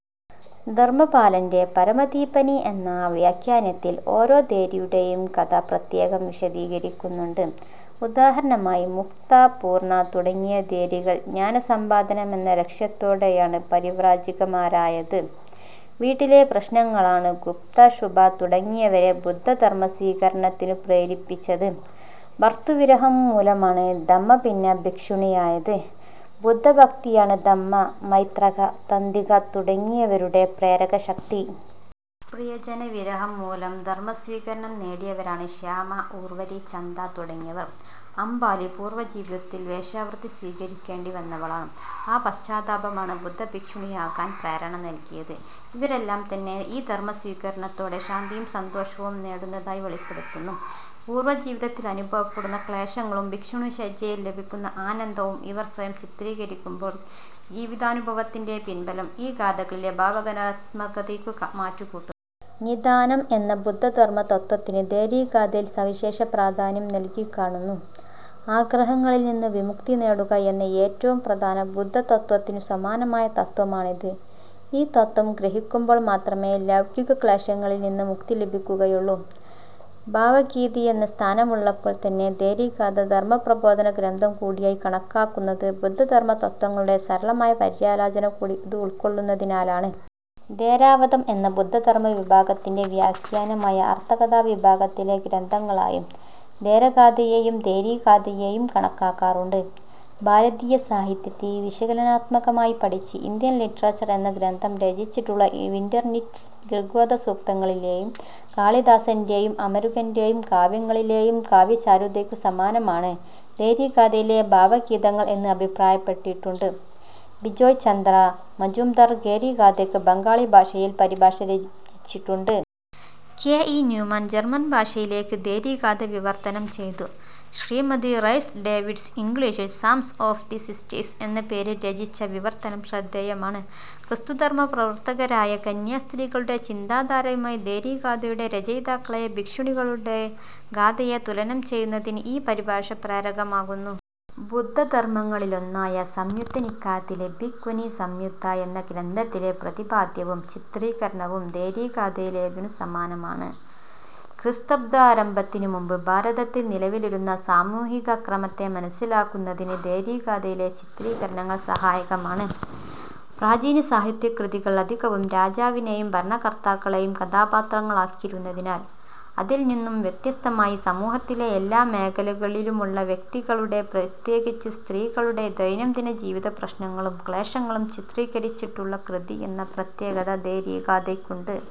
ധർമപാലന്റെ പരമത്ഥദീപനി എന്ന വ്യാഖ്യാനത്തിൽ ഓരോ ഥേരിയുടെയും കഥ പ്രത്യേകം വിശദീകരിക്കുന്നുണ്ട്. ഉദാഹരണമായി മുക്ത, പൂർണ തുടങ്ങിയ ഥേരികൾ ജ്ഞാനസമ്പാദനമെന്ന ലക്ഷ്യത്തോടെയാണ് പരിവ്രാജികമാരായത്. വീട്ടിലെ പ്രശ്നങ്ങളാണ് ഗുപ്ത, ശുഭ തുടങ്ങിയവരെ ബുദ്ധധർമ സ്വീകരണത്തിനു പ്രേരിപ്പിച്ചത്. ഭർതൃവിരഹം മൂലമാണ് ധമ്മഭിന്ന ഭിക്ഷുണിയായത്. ബുദ്ധഭക്തിയാണ് ധമ്മ, മൈത്രക, ദന്തിക തുടങ്ങിയവരുടെ പ്രേരകശക്തി. പ്രിയജനവിരഹംമൂലം ധർമസ്വീകരണം നേടിയവരാണ് ശ്യാമ, ഉർവരി, ചന്ദ തുടങ്ങിയവർ. അംബാലി പൂർവജീവിതത്തിൽ വേശ്യാവൃത്തി സ്വീകരിക്കേണ്ടിവന്നവളാണ്. ആ പശ്ചാത്താപമാണ് ബുദ്ധഭിക്ഷുണിയാകാൻ പ്രേരണ നല്കിയത്. ഇവരെല്ലാംതന്നെ ഈ ധർമസ്വീകരണത്തോടെ ശാന്തിയും സന്തോഷവും നേടുന്നതായി വെളിപ്പെടുത്തുന്നു. പൂർവജീവിതത്തിലനുഭവപ്പെടുന്ന ക്ലേശങ്ങളും ഭിക്ഷുണീചര്യയിൽ ലഭിക്കുന്ന ആനന്ദവും ഇവർ സ്വയം ചിത്രീകരിക്കുമ്പോൾ ജീവിതാനുഭവത്തിന്റെ പിൻബലം ഈ ഗാഥകളിലെ ഭാവഗാനാത്മകതയ്ക്കു മാറ്റുകൂട്ടുന്നു. 'നിദാനം' എന്ന ബുദ്ധധർമതത്ത്വത്തിന് ഥേരീഗാഥയിൽ സവിശേഷ പ്രാധാന്യം നല്കിക്കാണുന്നു. ആഗ്രഹങ്ങളിൽനിന്ന് വിമുക്തി നേടുക എന്ന ഏറ്റവും പ്രധാന ബുദ്ധതത്ത്വത്തിനു സമാനമായ തത്ത്വമാണിത്. ഈ തത്ത്വം ഗ്രഹിക്കുമ്പോൾ മാത്രമേ ലൗകിക ക്ലേശങ്ങളിൽനിന്ന് മുക്തി ലഭിക്കുകയുള്ളൂ. ഭാവഗീതി എന്ന സ്ഥാനമുള്ളപ്പോൾത്തന്നെ ഥേരീഗാഥ ധർമപ്രബോധന ഗ്രന്ഥം കൂടിയായി കണക്കാക്കുന്നത് ബുദ്ധധർമതത്ത്വങ്ങളുടെ സരളമായ പര്യാലോചനകൂടി ഇത് ഉൾ ക്കൊള്ളുന്നതിനാലാണ്. ഥേരവാദം എന്ന ബുദ്ധധർമ വിഭാഗത്തിന്റെ വ്യാഖ്യാനമായ അർഥകഥാ വിഭാഗത്തിലെ ഗ്രന്ഥങ്ങളായും ഥേരഗാഥയേയും ഥേരീഗാഥയേയും കണക്കാക്കാറുണ്ട്. ഭാരതീയ സാഹിത്യത്തെ വിശകലനാത്മകമായി പഠിച്ച് ഇന്ത്യൻ ലിറ്ററേച്ചർ എന്ന ഗ്രന്ഥം രചിച്ചിട്ടുള്ള വിന്റർനിറ്റ്സ് ഋഗ്വേദസൂക്തങ്ങളിലെയും കാളിദാസന്റെയും അമരുകന്റെയും കാവ്യങ്ങളിലെയും കാവ്യചാരുതയ്ക്കു സമാനമാണ് ഥേരീഗാഥയിലെ ഭാവഗീതങ്ങൾ എന്ന് അഭിപ്രായപ്പെട്ടിട്ടുണ്ട്. ബിജോയ് ചന്ദ്ര മജൂംദാർ ഥേരീഗാഥയ്ക്ക് ബംഗാളിഭാഷയിൽ പരിഭാഷ രചിച്ചിട്ടുണ്ട്. കെ. ഇ. ന്യൂമാൻ ജർമൻഭാഷയിലേക്ക് ഥേരീഗാഥ വിവർത്തനം ചെയ്തു. ശ്രീമതി റൈസ് ഡേവിഡ്സ് ഇംഗ്ലീഷിൽ സാംസ് ഒഫ് ദ് സിസ്റ്റേഴ്സ് എന്ന പേരിൽ രചിച്ച വിവർത്തനം ശ്രദ്ധേയമാണ്. ക്രിസ്തുധർമ പ്രവർത്തകരായ കന്യാസ്ത്രീകളുടെ ചിന്താധാരയുമായി ഥേരീഗാഥയുടെ രചയിതാക്കളായ ഭിക്ഷുണികളുടെ ഗാഥയെ തുലനം ചെയ്യുന്നതിന് ഈ പരിഭാഷ പ്രേരകമാകുന്നു. ബുദ്ധധർമഗ്രന്ഥങ്ങളിലൊന്നായ സംയുത്തനികായത്തിലെ ഭിക്ഖുനീസംയുത്ത എന്ന ഗ്രന്ഥത്തിലെ പ്രതിപാദ്യവും ചിത്രീകരണവും ഥേരീഗാഥയിലേതിനു സമാനമാണ്. ക്രിസ്ത്വബ്ദാരംഭത്തിനുമുമ്പ് ഭാരതത്തിൽ നിലവിലിരുന്ന സാമൂഹികക്രമത്തെ മനസ്സിലാക്കുന്നതിന് ഥേരീഗാഥയിലെ ചിത്രീകരണങ്ങൾ സഹായകമാണ്. പ്രാചീന സാഹിത്യകൃതികൾ അധികവും രാജാവിനെയും ഭരണകർത്താക്കളെയും കഥാപാത്രങ്ങളാക്കിയിരുന്നതിനാൽ അതിൽനിന്നു വ്യത്യസ്തമായി സമൂഹത്തിലെ എല്ലാ മേഖലകളിലുമുള്ള വ്യക്തികളുടെ-പ്രത്യേകിച്ചും സ്ത്രീകളുടെ-ദൈനംദിന ജീവിതപ്രശ്നങ്ങളും ക്ലേശങ്ങളും ചിത്രീകരിച്ചിട്ടുള്ള കൃതി എന്ന പ്രത്യേകത ഥേരീഗാഥയ്ക്കുണ്ട്.